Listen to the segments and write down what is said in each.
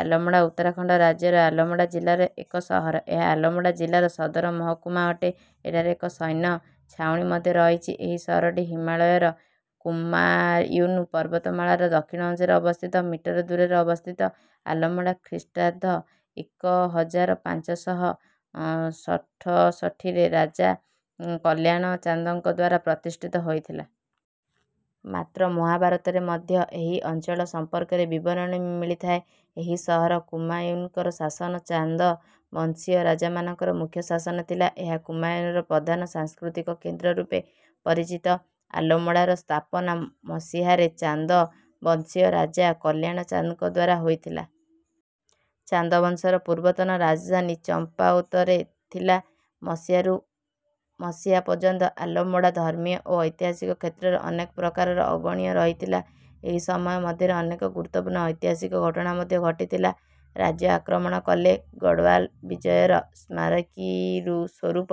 ଆଲମୋଡ଼ା ଉତ୍ତରାଖଣ୍ଡ ରାଜ୍ୟର ଆଲମୋଡ଼ା ଜିଲ୍ଲାର ଏକ ସହର। ଏହା ଆଲମୋଡ଼ା ଜିଲ୍ଲାର ସଦରମହକୁମା ଅଟେ। ଏଠାରେ ଏକ ସୈନ୍ୟ ଛାଉଣୀ ମଧ୍ୟ ରହିଛି। ଏହି ସହରଟି ହିମାଳୟର କୁମାୟୁନ ପର୍ବତମାଳାର ଦକ୍ଷିଣ ଅଂଶରେ ଅବସ୍ଥିତ। ମିଟର ଦୂରରେ ଅବସ୍ଥିତ। ଆଲମୋଡ଼ା ଖ୍ରୀଷ୍ଟାବ୍ଦ ଏକ ହଜାର ପାଞ୍ଚ ଶହ ଷଠଶଠିରେ ରାଜା କଲ୍ୟାଣ ଚାନ୍ଦଙ୍କ ଦ୍ୱାରା ପ୍ରତିଷ୍ଠିତ ହୋଇଥିଲା। ମାତ୍ର ମହାଭାରତରେ ମଧ୍ୟ ଏହି ଅଞ୍ଚଳ ସମ୍ପର୍କରେ ବିବରଣୀ ମିଳିଥାଏ। ଏହି ସହର କୁମାୟୁନର ଶାସକ ଚାନ୍ଦ ବଂଶୀୟ ରାଜାମାନଙ୍କର ମୁଖ୍ୟ ସ୍ଥାନ ଥିଲା। ଏହା କୁମାୟୁନର ପ୍ରଧାନ ସାଂସ୍କୃତିକ କେନ୍ଦ୍ର ରୂପେ ପରିଚିତ। ଆଲମୋଡ଼ାର ସ୍ଥାପନା ମସିହାରେ ଚାନ୍ଦ ବଂଶୀୟ ରାଜା କଲ୍ୟାଣ ଚାନ୍ଦଙ୍କ ଦ୍ୱାରା ହୋଇଥିଲା। ଚାନ୍ଦ ବଂଶର ପୂର୍ବତନ ରାଜଧାନୀ ଚମ୍ପାୱତରେ ଥିଲା। ମସିହାରୁ ମସିହା ପର୍ଯ୍ୟନ୍ତ ଆଲମୋଡ଼ା ଧର୍ମୀୟ ଓ ଐତିହାସିକ କ୍ଷେତ୍ରରେ ଅନେକ ପ୍ରକାରରେ ଅଗଣ୍ୟ ରହିଥିଲା। ଏହି ସମୟ ମଧ୍ୟରେ ଅନେକ ଗୁରୁତ୍ୱପୂର୍ଣ୍ଣ ଐତିହାସିକ ଘଟଣା ମଧ୍ୟ ଘଟିଥିଲା। ରାଜ୍ୟ ଆକ୍ରମଣ କଲେ। ଗଡ଼ୱାଲ ବିଜୟର ସ୍ମାରକୀ ସ୍ୱରୂପ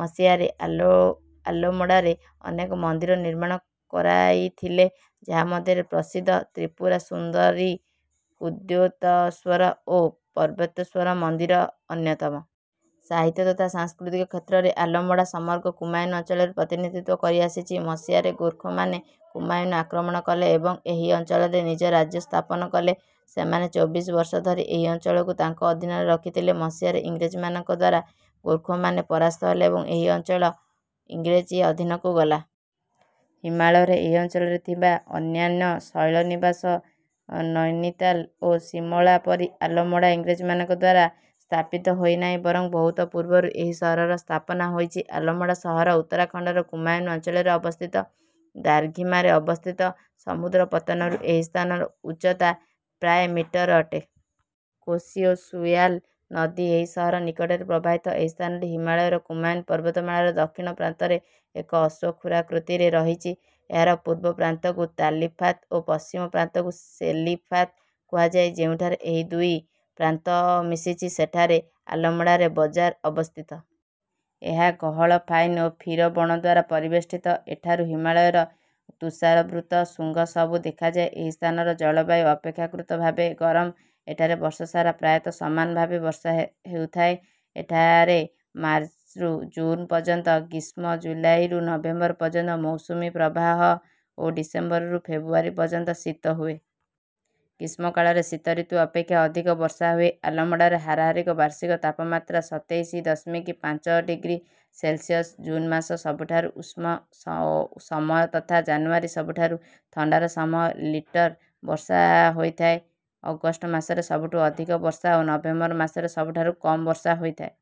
ମସିହାରେ ଆଲୋ ଆଲୋମୋଡ଼ାରେ ଅନେକ ମନ୍ଦିର ନିର୍ମାଣ କରାଇଥିଲେ, ଯାହା ମଧ୍ୟରେ ପ୍ରସିଦ୍ଧ ତ୍ରିପୁର ସୁନ୍ଦରୀ, ଉଦ୍ୟୋତଶ୍ୱର ଓ ପର୍ବତେଶ୍ୱର ମନ୍ଦିର ଅନ୍ୟତମ। ସାହିତ୍ୟ ତଥା ସଂସ୍କୃତି କ୍ଷେତ୍ରରେ ଆଲମୋଡ଼ା ସମଗ୍ର କୁମାୟୁନ ଅଞ୍ଚଳର ପ୍ରତିନିଧିତ୍ୱ କରି ଆସିଛି। ମସିହାରେ ଗୋର୍ଖାମାନେ କୁମାୟୁନ ଆକ୍ରମଣ କଲେ ଏବଂ ଏହି ଅଞ୍ଚଳରେ ନିଜ ରାଜ୍ୟ ସ୍ଥାପନ କଲେ। ସେମାନେ ଚୋବିଶ ବର୍ଷ ଧରି ଏହି ଅଞ୍ଚଳକୁ ତାଙ୍କ ଅଧୀନରେ ରଖିଥିଲେ। ମସିହାରେ ଇଂରେଜମାନଙ୍କ ଦ୍ୱାରା ଗୋର୍ଖାମାନେ ପରାସ୍ତ ହେଲେ ଓ ଏହି ଅଞ୍ଚଳ ଇଂରେଜି ଅଧୀନକୁ ଗଲା। ହିମାଳୟର ଏହି ଅଞ୍ଚଳରେ ଥିବା ଅନ୍ୟାନ୍ୟ ଶୈଳନିବାସ ନୈନିତାଲ ଓ ଶିମଲା ପରି ଆଲମୋଡ଼ା ଇଂରେଜମାନଙ୍କ ଦ୍ୱାରା ସ୍ଥାପିତ ହୋଇନାହିଁ ବରଂ ବହୁତ ପୂର୍ବରୁ ଏହି ସହରର ସ୍ଥାପନା ହୋଇଛି। ଆଲମୋଡ଼ା ସହର ଉତ୍ତରାଖଣ୍ଡର କୁମାୟୁନ ଅଞ୍ଚଳରେ ଅବସ୍ଥିତ। ଦ୍ରାଘିମାରେ ଅବସ୍ଥିତ। ସମୁଦ୍ର ପତନରୁ ଏହି ସ୍ଥାନର ଉଚ୍ଚତା ପ୍ରାୟ ମିଟର ଅଟେ। କୋଶି ଓ ସୂୟାଲ ନଦୀ ଏହି ସହର ନିକଟରେ ପ୍ରବାହିତ। ଏହି ସ୍ଥାନଟି ହିମାଳୟର କୁମାୟୁନ ପର୍ବତମାଳାର ଦକ୍ଷିଣ ପ୍ରାନ୍ତରେ ଏକ ଅଶ୍ୱକ୍ଷୁରାକୃତିରେ ରହିଛି। ଏହାର ପୂର୍ବ ପ୍ରାନ୍ତକୁ ତାଲିଫାତ ଓ ପଶ୍ଚିମ ପ୍ରାନ୍ତକୁ ସେଲିଫାତ କୁହାଯାଏ। ଯେଉଁଠାରେ ଏହି ଦୁଇ ପ୍ରାନ୍ତ ମିଶିଛି, ସେଠାରେ ଆଲମୋଡ଼ାର ବଜାର ଅବସ୍ଥିତ। ଏହା ଗହଳ ପାଇନ ଓ ଫିର ବଣ ଦ୍ୱାରା ପରିବେଷ୍ଟିତ। ଏଠାରୁ ହିମାଳୟର ତୁଷାରାବୃତ ଶୃଙ୍ଗ ସବୁ ଦେଖାଯାଏ। ଏହି ସ୍ଥାନର ଜଳବାୟୁ ଅପେକ୍ଷାକୃତ ଭାବେ ଗରମ। ଏଠାରେ ବର୍ଷସାରା ପ୍ରାୟତଃ ସମାନ ଭାବେ ବର୍ଷା ହେଉଥାଏ। ଏଠାରେ ମାର୍ଚ୍ଚରୁ ଜୁନ ପର୍ଯ୍ୟନ୍ତ ଗ୍ରୀଷ୍ମ, ଜୁଲାଇରୁ ନଭେମ୍ବର ପର୍ଯ୍ୟନ୍ତ ମୌସୁମୀ ପ୍ରବାହ ଓ ଡିସେମ୍ବରରୁ ଫେବୃଆରୀ ପର୍ଯ୍ୟନ୍ତ ଶୀତ ହୁଏ। ଗ୍ରୀଷ୍ମକାଳରେ ଶୀତ ଋତୁ ଅପେକ୍ଷା ଅଧିକ ବର୍ଷା ହୁଏ। ଆଲମୋଡ଼ାର ହାରାହାରି ବାର୍ଷିକ ତାପମାତ୍ରା ସତେଇଶ ଦଶମିକ ପାଞ୍ଚ ଡିଗ୍ରୀ ସେଲସିୟସ। ଜୁନ ମାସ ସବୁଠାରୁ ଉଷ୍ମ ସମୟ ତଥା ଜାନୁଆରୀ ସବୁଠାରୁ ଥଣ୍ଡାର ସମୟ। ଲିଟର ବର୍ଷା ହୋଇଥାଏ। ଅଗଷ୍ଟ ମାସରେ ସବୁଠୁ ଅଧିକ ବର୍ଷା ଓ ନଭେମ୍ବର ମାସରେ ସବୁଠାରୁ କମ ବର୍ଷା ହୋଇଥାଏ।